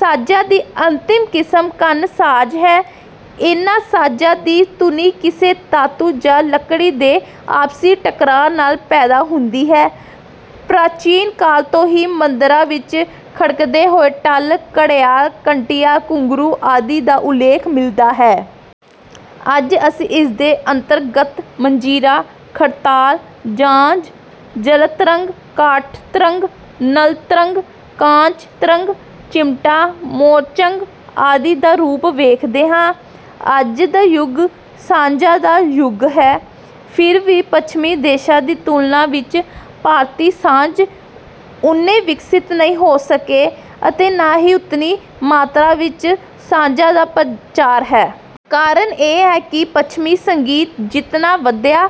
ਸਾਜ਼ਾਂ ਦੀ ਅੰਤਿਮ ਕਿਸਮ ਘਣ ਸਾਜ਼ ਹੈ। ਇਨ੍ਹਾਂ ਸਾਜ਼ਾਂ ਦੀ ਧੁਨੀ ਕਿਸੇ ਧਾਤੂ ਜਾਂ ਲਕੜੀ ਦੇ ਆਪਸੀ ਟਕਰਾਅ ਨਾਲ ਪੈਦਾ ਹੁੰਦੀ ਹੈ। ਪ੍ਰਚੀਨ ਕਾਲ ਤੋਂ ਹੀ ਮੰਦਰਾਂ ਵਿੱਚ ਖੜਕਦੇ ਹੋਏ ਟੱਲ, ਘੜਿਆਲ, ਘੰਟੀਆਂ, ਘੁੰਗਰੂ ਆਦਿ ਦਾ ਉਲੇਖ ਮਿਲਦਾ ਹੈ। ਅੱਜ ਅਸੀਂ ਇਸ ਦੇ ਅੰਤਰਗਤ ਮੰਜੀਰਾ, ਖੜਤਾਲ, ਝਾਂਜ, ਜਲਤਰੰਗ, ਕਾਠ ਤਰੰਗ, ਨਲ ਤਰੰਗ, ਕਾਂਚ ਤਰੰਗ, ਚਿਮਟਾ, ਮੋਰਚੰਗ ਆਦਿ ਦਾ ਰੂਪ ਵੇਖਦੇ ਹਾ। ਅੱਜ ਦਾ ਯੁਗ ਸਾਜ਼ਾਂ ਦਾ ਯੁਗ ਹੈ| ਫ਼ਿਰ ਵੀ ਪੱਛਮੀ ਦੇਸ਼ਾਂ ਦੀ ਤੁਲਨਾ ਵਿੱਚ ਭਾਰਤੀ ਸਾਜ਼ ਉਨੇ ਵਿਕਸਿਤ ਨਹੀਂ ਹੋ ਸਕੇ ਅਤੇ ਨਾ ਹੀ ਉਤਨੀ ਮਾਤਰਾ ਵਿੱਚ ਸਾਜਾਂ ਦਾ ਪ੍ਰਚਾਰ ਹੈ। ਕਾਰਨ ਇਹ ਹੈ ਕਿ ਪੱਛਮੀ ਸੰਗੀਤ ਜਿਤਨਾ ਵਧਿਆ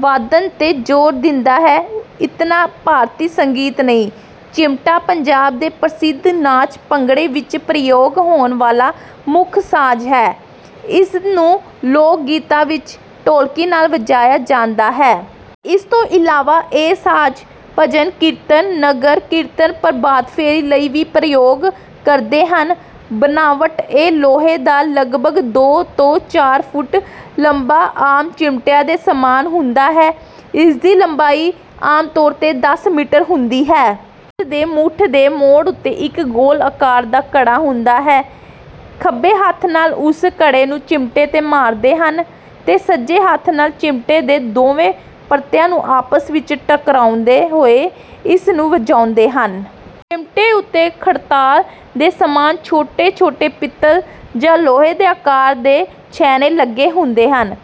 ਵਾਦਨ ਤੇ ਜ਼ੋਰ ਦਿੰਦਾ ਹੈ, ਇਤਨਾ ਭਾਰਤੀ ਸੰਗੀਤ ਨਹੀ। ਚਿਮਟਾ ਪੰਜਾਬ ਦੇ ਪ੍ਰਸਿੱਧ ਨਾਚ ਭੰਗੜੇ ਵਿੱਚ ਪ੍ਰਯੋਗ ਹੋਣ ਵਾਲਾ ਮੁਖ ਸਾਜ਼ ਹੈ। ਇਸ ਨੂੰ ਲੋਕ ਗੀਤਾਂ ਵਿੱਚ ਢੋਲਕੀ ਨਾਲ ਵਜਾਇਆ ਜਾਂਦਾ ਹੈ। ਇਸ ਤੋਂ ਇਲਾਵਾ ਇਹ ਸਾਜ਼ ਭਜਨ, ਕੀਰਤਨ, ਨਗਰ ਕੀਰਤਨ, ਪ੍ਰਭਾਤ ਫੇਰੀ ਲਈ ਵੀ ਪ੍ਰਯੋਗ ਕਰਦੇ ਹਨ। ਬਣਾਵਟ, ਇਹ ਲੋਹੇ ਦਾ ਲਗਭਗ ਦੋ ਤੋਂ ਚਾਰ ਫੁਟ ਲੰਬਾ ਆਮ ਚਿਮਟਿਆਂ ਦੇ ਸਮਾਨ ਹੁੰਦਾ ਹੈ। ਇਸ ਦੀ ਲੰਬਾਈ ਆਮ ਤੌਰ ਤੇ ਦਸ ਸੈਂਟੀਮੀਟਰ ਹੁੰਦੀ ਹੈ। ਇਸ ਦੇ ਮੁਠ ਦੇ ਮੋੜ ਉੱਤੇ ਇੱਕ ਗੋਲ ਆਕਾਰ ਦਾ ਕੜਾ ਹੁੰਦਾ ਹੈ। ਖੱਬੇ ਹੱਥ ਨਾਲ ਉਸ ਕੜੇ ਨੂੰ ਚਿਮਟੇ ਤੇ ਮਾਰਦੇ ਹਨ ਤੇ ਸੱਜੇ ਹੱਥ ਨਾਲ ਚਿਮਟੇ ਦੇ ਦੋਵੇਂ ਪਰਤਿਆਂ ਨੂੰ ਆਪਸ ਵਿੱਚ ਟਕਰਾਉਂਦੇ ਹੋਏ ਇਸ ਨੂੰ ਵਜਾਉਂਦੇ ਹਨ। ਚਿਮਟੇ ਉੱਤੇ ਖੜਤਾਲ ਦੇ ਸਮਾਨ ਛੋਟੇ-ਛੋਟੇ ਪਿਤਲ ਜਾਂ ਲੋਹੇ ਦੇ ਆਕਾਰ ਦੇ ਛੈਣੇ ਲੱਗੇ ਹੁੰਦੇ ਹਨ।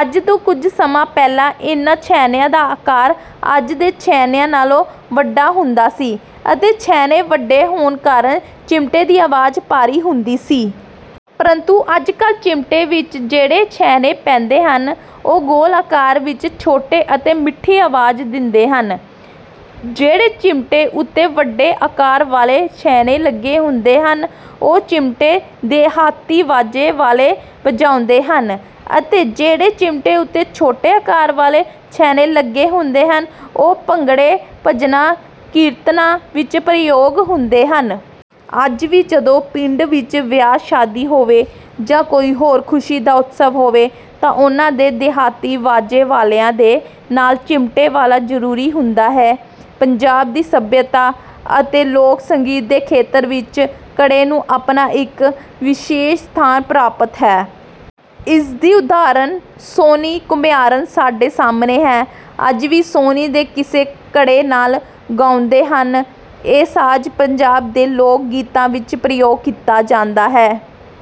ਅੱਜ ਤੋਂ ਕੁਝ ਸਮਾਂ ਪਹਿਲਾਂ ਇਨ੍ਹਾਂ ਛੈਣਿਆ ਦਾ ਆਕਾਰ ਅੱਜ ਦੇ ਛੈਣਿਆਂ ਨਾਲੋਂ ਵੱਡਾ ਹੁੰਦਾ ਸੀ ਅਤੇ ਛੈਣੇ ਵੱਡੇ ਹੋਣ ਕਾਰਨ ਚਿਮਟੇ ਦੀ ਆਵਾਜ਼ ਭਾਰੀ ਹੁੰਦੀ ਸੀ। ਪ੍ਰੰਤੂ ਅੱਜ ਕਲ੍ਹ ਚਿਮਟੇ ਵਿੱਚ ਜਿਹੜੇ ਛੈਣੇ ਪੈਂਦੇ ਹਨ ਉਹ ਗੋਲ ਆਕਾਰ ਵਿੱਚ ਛੋਟੇ ਅਤੇ ਮਿੱਠੀ ਆਵਾਜ਼ ਦਿੰਦੇ ਹਨ। ਜਿਹੜੇ ਚਿਮਟੇ ਉੱਤੇ ਵੱਡੇ ਆਕਾਰ ਵਾਲੇ ਛੈਣੇ ਲੱਗੇ ਹੁੰਦੇ ਹਨ ਉਹ ਚਿਮਟੇ ਦਿਹਾਤੀ ਵਾਜੇ ਵਾਲੇ ਵਜਾਉਂਦੇ ਹਨ ਅਤੇ ਜਿਹੜੇ ਚਿਮਟੇ ਉੱਤੇ ਛੋਟੇ ਆਕਾਰ ਵਾਲੇ ਛੈਣੇ ਲਗੇ ਹੁੰਦੇ ਹਨ ਉਹ ਭੰਗੜੇ, ਭਜਨਾਂ, ਕੀਰਤਨਾਂ ਵਿੱਚ ਪ੍ਰਯੋਗ ਹੁੰਦੇ ਹਨ। ਅੱਜ ਵੀ ਜਦੋਂ ਪਿੰਡ ਵਿੱਚ ਵਿਆਹ, ਸ਼ਾਦੀ ਹੋਵੇ ਜਾਂ ਕੋਈ ਹੋਰ ਖ਼ੁਸ਼ੀ ਦਾ ਉਤਸਵ ਹੋਵੇ ਤਾਂ ਉਹਨਾਂ ਦੇ ਦਿਹਾਤੀ ਵਾਜੇ ਵਾਲਿਆਂ ਦੇ ਨਾਲ ਚਿਮਟੇ ਵਾਲਾ ਜ਼ਰੂਰੀ ਹੁੰਦਾ ਹੈ। ਪੰਜਾਬ ਦੀ ਸੱਭਿਅਤਾ ਅਤੇ ਲੋਕ ਸੰਗੀਤ ਦੇ ਖੇਤਰ ਵਿੱਚ ਘੜੇ ਨੂੰ ਆਪਣਾ ਇੱਕ ਵਿਸ਼ੇਸ਼ ਸਥਾਨ ਪ੍ਰਾਪਤ ਹੈ। ਇਸ ਦੀ ਉਦਾਹਰਨ ਸੋਹਣੀ ਘੁਮਿਆਰਣ ਸਾਡੇ ਸਾਹਮਣੇ ਹੈ। ਅੱਜ ਵੀ ਸੋਹਣੀ ਦੇ ਕਿੱਸੇ ਘੜੇ ਨਾਲ ਗਾਉਂਦੇ ਹਨ। ਇਹ ਸਾਜ਼ ਪੰਜਾਬ ਦੇ ਲੋਕ-ਗੀਤਾਂ ਵਿੱਚ ਪ੍ਰਯੋਗ ਕੀਤਾ ਜਾਂਦਾ ਹੈ।